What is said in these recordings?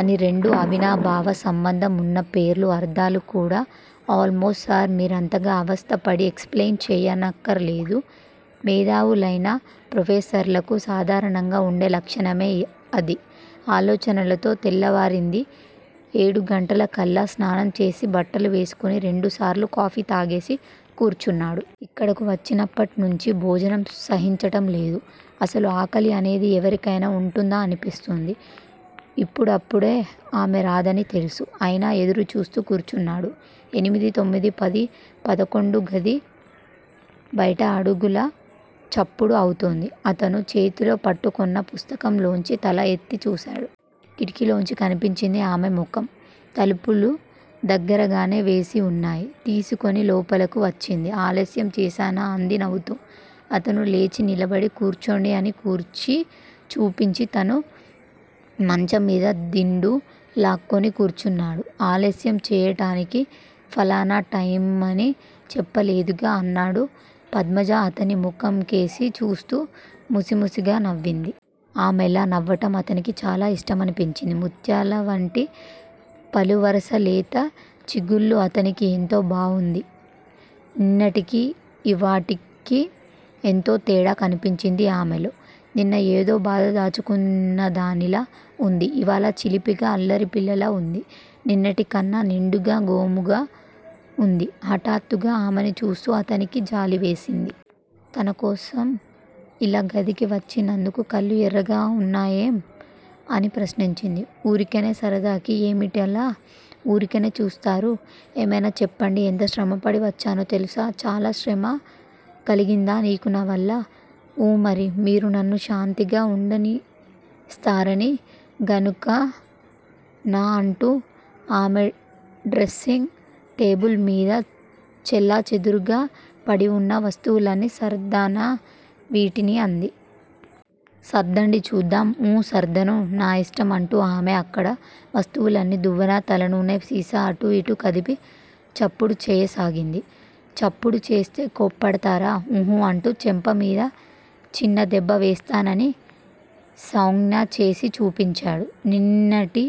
అని రెండూ అవినాభావ సంబంధం ఉన్న పేర్లు అర్థాలు కూడా ఆల్ మోస్టు సార్ మీరంతగా అవస్థ పడి ఎక్స్‌ప్లెయిన్ చెయ్యనక్కరలేదు. మేధావులైన ప్రొఫెసర్లకు సాధారణంగా ఉండే లక్షణమే అది. ఆలోచనలతో తెల్లవారింది. ఏడుగంటలకల్లా స్నానం చేసి బట్టలు వేసుకొని రెండుసార్లు కాఫీ తాగేసి కూర్చున్నాడు. ఇక్కడకు వచ్చినప్పటినుంచీ భోజనం సహించటం లేదు. అసలు ఆకలి అనేది ఎవరికైనా ఉంటుందా అనిపిస్తోంది. ఇప్పుడప్పుడే ఆమె రాదని తెలుసు. అయినా ఎదురుచూస్తూ కూర్చున్నాడు. ఎనిమిది తొమ్మిది పది పదకొండు గది బయట అడుగుల చప్పుడు అవుతోంది. అతను చేతిలో పట్టుకొన్న పుస్తకంలోంచి తల ఎత్తి చూశాడు. కిటికీలోంచి కనిపించింది ఆమె ముఖం. తలుపులు దగ్గరగానే వేసివున్నాయి. తీసుకుని లోపలకు వచ్చింది. ఆలస్యం చేశానా అంది నవ్వుతూ. అతను లేచి నిలబడి కూర్చోండి అని కుర్చీ చూపించి తాను మంచంమీద దిండు లాక్కుని కూర్చున్నాడు. ఆలస్యం చేయటానికి ఫలానా టైమని చెప్పలేదుగా అన్నాడు. పద్మజ అతని ముఖంకేసి చూస్తూ ముసిముసిగా నవ్వింది. ఆమె లా నవ్వటం అతనికి చాలా ఇష్టమనిపించింది. ముత్యాలవంటి పలువరసా లేత చిగుళ్ళూ అతనికి ఎంతో బావుంది. నిన్నటికీ ఇవాల్టికీ ఎంతో తేడా కనిపించింది ఆమెలో. నిన్న ఏదో బాధ దాచుకున్నదానిలా ఉంది. ఇవాళ చిలిపిగా అల్లరిపిల్లలా ఉంది. నిన్నటికన్నా నిండుగా గోముగా ఉంది. హఠాత్తుగా ఆమెని చూస్తే అతనికి జాలివేసింది. తనకోసం ఇలా గదికి వచ్చినందుకు. కళ్ళు ఎర్రగా ఉన్నాయేం? అని ప్రశ్నించింది. ఊరికినే సరదాకి. ఏమిటలా ఊరికినే చూస్తారు? ఏమైనా చెప్పండి. ఎంత శ్రమపడి వచ్చానో తెలుసా? చాలా శ్రమ కలిగిందా నీకు నావల్ల? ఊ. మరి మీరు నన్ను శాంతిగా ఉండనిస్తారని గనుకనా అంటూ ఆమె డ్రెస్సింగ్ టేబిల్ మీద చెల్లాచెదురుగా పడివున్న వస్తువుల్ని సర్దనా వీటిని అంది. సర్దండి చూద్దాం. ఊఁ సర్దను. నా ఇష్టం! అంటూ ఆమె అక్కడ వస్తువులన్నీ దువ్వెన తలనూనె సీసా అటూ ఇటూ కదిపి చప్పుడు చెయ్యసాగింది. చప్పుడు చేస్తే కోప్పడతారా? ఉహుఁ అంటూ చెంపమీద చిన్నదెబ్బ వేస్తానని సౌంజ్ఞ చేసి చూపించాడు. నిన్నటి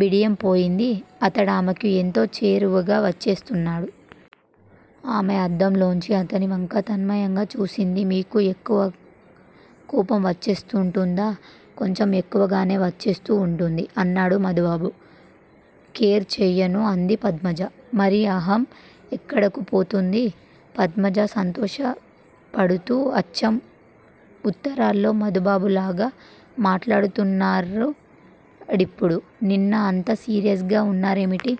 బిడియం పోయింది. అతడామెకు ఎంతో చేరువగా వచ్చేస్తున్నాడు. ఆమె అద్దంలోంచి అతనివంక తన్మయంగా చూసింది. మీకు ఎక్కువ కోపం వచ్చేస్తూంటుందా? కొంచెం ఎక్కువగానే వచ్చేస్తూ వుంటుంది. అన్నాడు మధుబాబు. కేర్ చెయ్యను అంది పద్మజ. మరి అహం ఎక్కడకు పోతుంది? పద్మజ సంతోషపడుతూ అచ్చం ఉత్తరాల్లో మధుబాబులాగా మాట్లాడుతున్నారిప్పుడు. నిన్న అంత సీరియస్‌గా వున్నారేమిటి?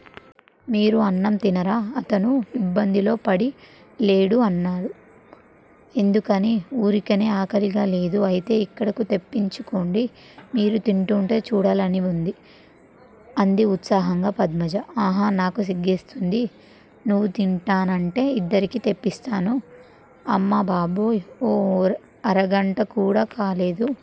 మీరు అన్నం తిన్నారా? అతను ఇబ్బందిలో పడి లేడు అన్నాడు. ఎందుకనీ? ఊరికినే ఆకలిగా లేదు. అయితే ఇక్కడకు తెప్పించుకోండి. మీరు తింటూంటే చూడాలనివుంది. అంది ఉత్సాహంగా పద్మజ. అహఁ నాకు సిగ్గేస్తుంది. నువ్వు తింటానంటే ఇద్దరికీ తెప్పిస్తాను. అమ్మ బాబోయ్! ఓ అరగంటకూడా కాలేదు.